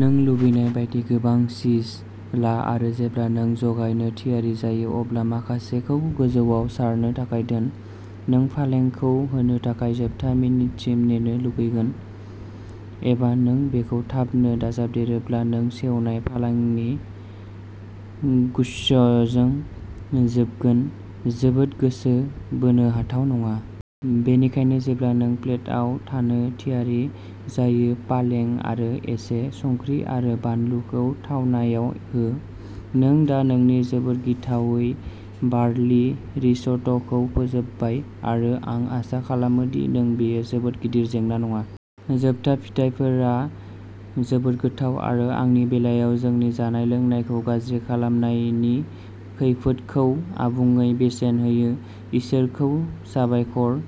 नों लुबैनाय बायदि गोबां चीज ला आरो जेब्ला नों जगायनो थियारि जायो अब्ला माखासेखौ गोजौआव सारनो थाखाय दोन। नों फालेंखौ होनो थाखाय जोबथा मिनिटसिम नेनो लुगैगोन एबा नों बेखौ थाबनो दाजाबदेरोब्ला नों सेवनाय फालेंनि गुच्छजों जोबगोन जोबोद गोसो बोनो हाथाव नङा। बेनिखायनो जेब्ला नों प्लेटआव थानो थियारि जायो, पालें आरो एसे संख्रि आरो बानलुखौ थावनायाव हो। नों दा नोंनि जोबोद गिथावै बार्लि रिस'ट'खौ फोजोबबाय आरो आं आसा खालामो दि नों बेयो जोबोद गिदिर जेंना नङा। जोबथा फिथाइफोरा जोबोद गोथाव आरो आंनि बेलायाव जोंनि जानाय-लोंनायखौ गाज्रि खालामनायनि खैफोदखौ आबुङै बेसेन होयो इसोरखौ साबायखर।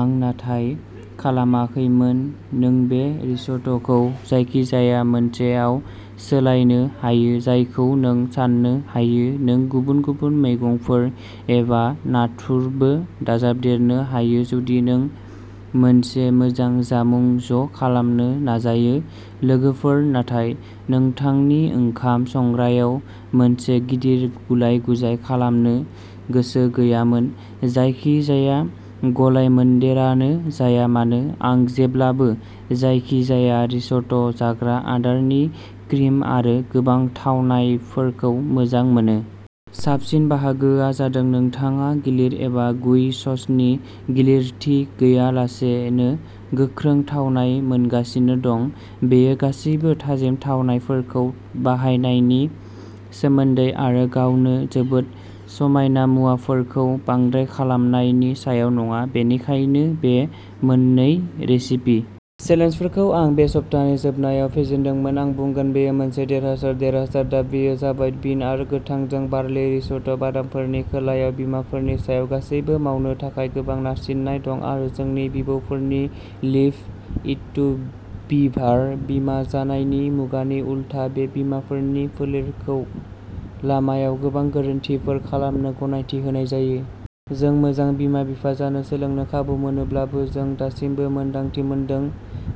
आं नाथाय खालामाखैमोन नों बे रिस'ट'खौ जायखिजाया मोनसेआव सोलायनो हायो जायखौ नों साननो हायो। नों गुबुन-गुबुन मैगंफोर एबा नाथुरबो दाजाबदेरनो हायो जुदि नों मोनसे मोजां जामुं ज' खालामनो नाजायो लोगोफोर नाथाय नोंथांनि ओंखाम संग्रायाव मोनसे गिदिर गुलाय-गुजाय खालामनो गोसो गैयामोन जायखिजाया गलायमोनदेरानो जाया मानो आं जेब्लाबो जायखिजाया रिस'ट' जाग्रा आदारनि क्रिम आरो गोबां थावनायफोरखौ मोजां मोनो। साबसिन बाहागोआ जादों नोंथाङा गिलिर एबा गुइ ससनि गिलिरथि गैयालासेनो गोख्रों थावनाय मोनगासिनो दं। बेयो गासैबो थाजिम थावनायफोरखौ बाहायनायनि सोमोन्दै आरो गावनो जोबोद समायना मुवाफोरखौ बांद्राय खालामनायनि सायाव नङा। बेनिखायनो बे मोननै रेसिपि चेलेन्जफोरखौ आं बे सप्तानि जोबनायाव फेजेनदोंमोन आं बुंगोन बेयो मोनसे देरहासार देरहासार दा बेयो जाबाय बिन आरो गोथांजों बार्लि रिस'ट' बादामफोरनि खोलायाव बिमाफोरनि सायाव गासैबो मावनो थाखाय गोबां नारसिननाय दं आरो जोंनि बिबौफोरनि लिभ इट टु बिभार बिमा जानायनि मुगानि उलथा बे बिमाफोरनि फोलेरखौ लामायाव गोबां गोरोन्थिफोर खालामनो गनायथि होनाय जायो। जों मोजां बिमा-बिफा जानो सोलोंनो खाबु मोनोब्लाबो जों दासिमबो मोन्दांथि मोनदों।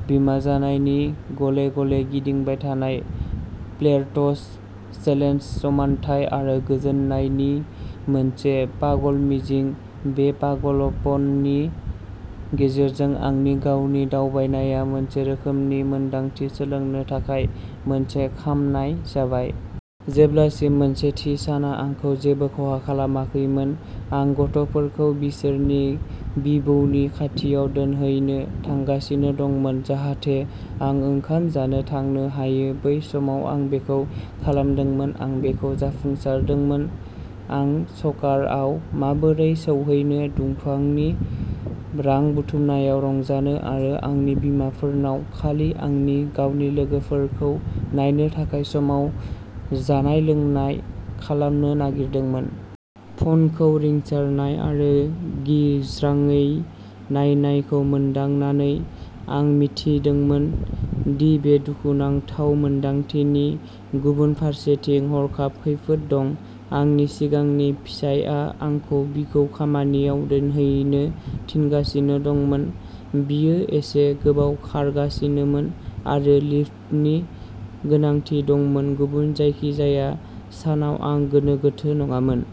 बिमा जानायनि गले गले गिदिंबाय थानाय प्लेट्स चेलेन्ज समानथाय आरो गोजोननायनि मोनसे पागल मिजिं। बे पागलपननि गेजेरजों आंनि गावनि दावबायनाया मोनसे रोखोमनि मोन्दांथि सोलोंनो थाखाय मोनसे खामनाय जाबाय। जेब्लासिम मोनसे थि साना आंखौ जेबो खहा खालामाखैमोन आं गथ'फोरखौ बिसोरनि बिबौनि खाथियाव दोनहैनो थांगासिनो दंमोन जाहाथे आं ओंखाम जानो थांनो हायो बै समाव आं बेखौ खालामदोंमोन आं बेखौ जाफुंसारदोंमोन। आं स'कारआव माबोरै सौहैनो दुफांनि रां बुथुमनायाव रंजानो आरो आंनि बिमाफोरनाव खालि आंनि गावनि लोगोफोरखौ नायनो थाखाय समाव जानाय-लोंनाय खालामनो नागिरदोंमोन। फनखौ रिंसारनाय आरो गिज्रांयै नायनायखौ मोनदांनानै आं मिथिदोंमोन दि बे दुखुनांथाव मोन्दांथिनि गुबुन फारसेथिं हरखाब खैफोद दं। आंनि सिगांनि फिसायआ आंखौ बिखौ खामानियाव दोनहैनो थिनगासिनो दंमोन। बियो एसे गोबाव खारगासिनोमोन आरो लिफ्टनि गोनांथि दंमोन। गुबुन जायखिजाया सानाव आं गोनो गोथो नङामोन।